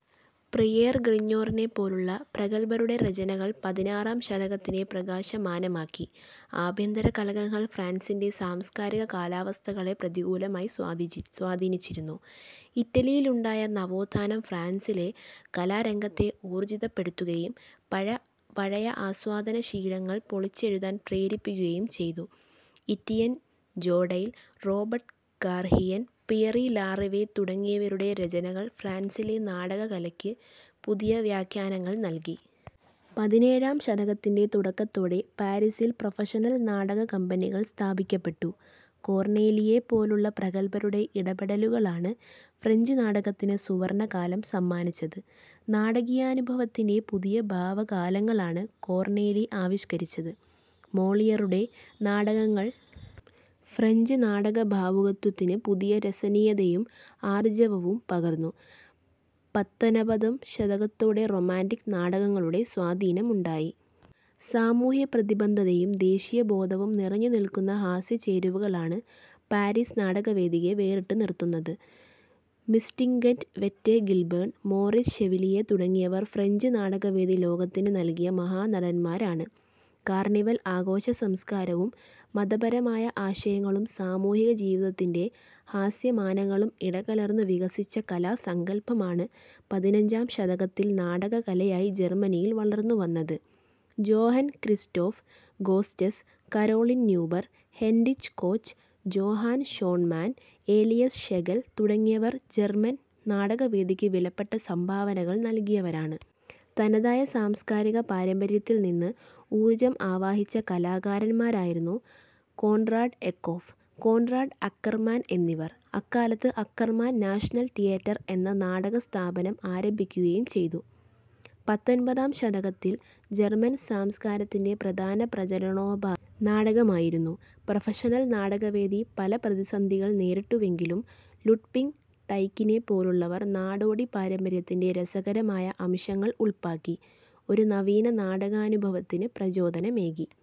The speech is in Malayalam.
പിയേർ ഗ്രിഞ്ഞോറിനെപ്പോലുള്ള പ്രഗല്ഭരുടെ രചനകൾ പതിനാറാം ശതകത്തിനെ പ്രകാശമാനമാക്കി. ആഭ്യന്തരകലഹങ്ങൾ ഫ്രാൻസിന്റെ സാംസ്കാരിക കാലാവസ്ഥകളെ പ്രതികൂലമായി സ്വാധീനി സ്വാധീനിച്ചിരുന്നു. ഇറ്റലിയിലുണ്ടായ നവോത്ഥാനം ഫ്രാൻസിലെ കലാരംഗത്തെ ഊർജ്ജിതപ്പെടുത്തുകയും പഴയ ആസ്വാദനശീലങ്ങൾ പൊളിച്ചെഴുതാൻ പ്രേരിപ്പിക്കുകയും ചെയ്തു. Etienne Jodelle, Robert Garnier, Pierre Larivey തുടങ്ങിയവരുടെ രചനകൾ ഫ്രാൻസിലെ നാടകകലയ്ക്ക് പുതിയ വ്യാഖ്യാനങ്ങൾ നല്കി. പതിനേഴാം ശതകത്തിന്റെ തുടക്കത്തോടെ പാരിസിൽ പ്രൊഫഷണൽ നാടകക്കമ്പനികൾ സ്ഥാപിക്കപ്പെട്ടു. കോർണേലിയെ പോലുള്ള പ്രഗല്ഭരുടെ ഇടപെടലുകളാണ് ഫ്രഞ്ച് നാടകത്തിന് സുവർണകാലം സമ്മാനിച്ചത്. നാടകീയാനുഭവത്തിന്റെ പുതിയ ഭാവകാലങ്ങളാണ് കോർണേലി ആവിഷ്കരിച്ചത്. മോളിയറുടെ നാടകങ്ങൾ ഫ്രഞ്ച് നാടകഭാവുകത്വത്തിന് പുതിയ രസനീയതയും ആർജവവും പകർന്നു. പത്തൊനപതാം ശതകത്തോടെ റൊമാന്റിക് നാടകങ്ങളുടെ സ്വാധീനമുണ്ടായി. സാമൂഹ്യപ്രതിബദ്ധതയും ദേശീയബോധവും നിറഞ്ഞുനില്ക്കുന്ന ഹാസ്യചേരുവകളാണ് പാരിസ് നാടകവേദിയെ വേറിട്ടുനിർത്തുന്നത്. Mistinguett Yvette Guilbert, Maurice Chevalier തുടങ്ങിയവർ ഫ്രഞ്ച് നാടകവേദി ലോകത്തിന് നല്കിയ മഹാനടന്മാരാണ്. കാർണിവൽ ആഘോഷസംസ്കാരവും മതപരമായ ആശയങ്ങളും സാമൂഹികജീവിതത്തിന്റെ ഹാസ്യമാനങ്ങളും ഇടകലർന്നു വികസിച്ച കലാസങ്കല്പമാണ് പതിനഞ്ചാം ശതകത്തിൽ നാടകകലയായി ജർമനിയിൽ വളർന്നുവന്നത്. ജോഹൻ ക്രിസ്റ്റോഫ് ഗോസ്സ്ചെസ്, Caroline Neuber, Heinrich Koch, Johann Schonemann, Elias Schlegel തുടങ്ങിയവർ ജർമൻ നാടകവേദിക്ക് വിലപ്പെട്ട സംഭാവനകൾ നല്കിയവരാണ്. തനതായ സാംസ്കാരിക പാരമ്പര്യത്തിൽനിന്ന് ഊർജ്ജം ആവാഹിച്ച കലാകാരന്മാരായിരുന്നു കോൺറാഡ് എക്കോഫ്, കോൺറാഡ് അക്കർമാൻ എന്നിവർ. അക്കാലത്ത് അക്കർമാൻ 'നാഷണൽ തിയേറ്റർ' എന്ന നാടകസ്ഥാപനം ആരംഭിക്കുകയും ചെയ്തു. പത്തൊൻപതാം ശതകത്തിൽ ജർമൻ സംസ്കാരത്തിന്റെ പ്രധാന പ്രചരണോപാധി നാടകമായിരുന്നു. പ്രൊഫഷണൽ നാടകവേദി പല പ്രതിസന്ധികൾ നേരിട്ടുവെങ്കിലും ലുഡ്പിങ് ടൈക്കിനെപ്പോലുള്ളവർ നാടോടി പാരമ്പര്യത്തിന്റെ രസകരമായ അംശങ്ങൾ ഉൾപാകി, ഒരു നവീന നാടകാനുഭവത്തിന് പ്രചോദനമേകി.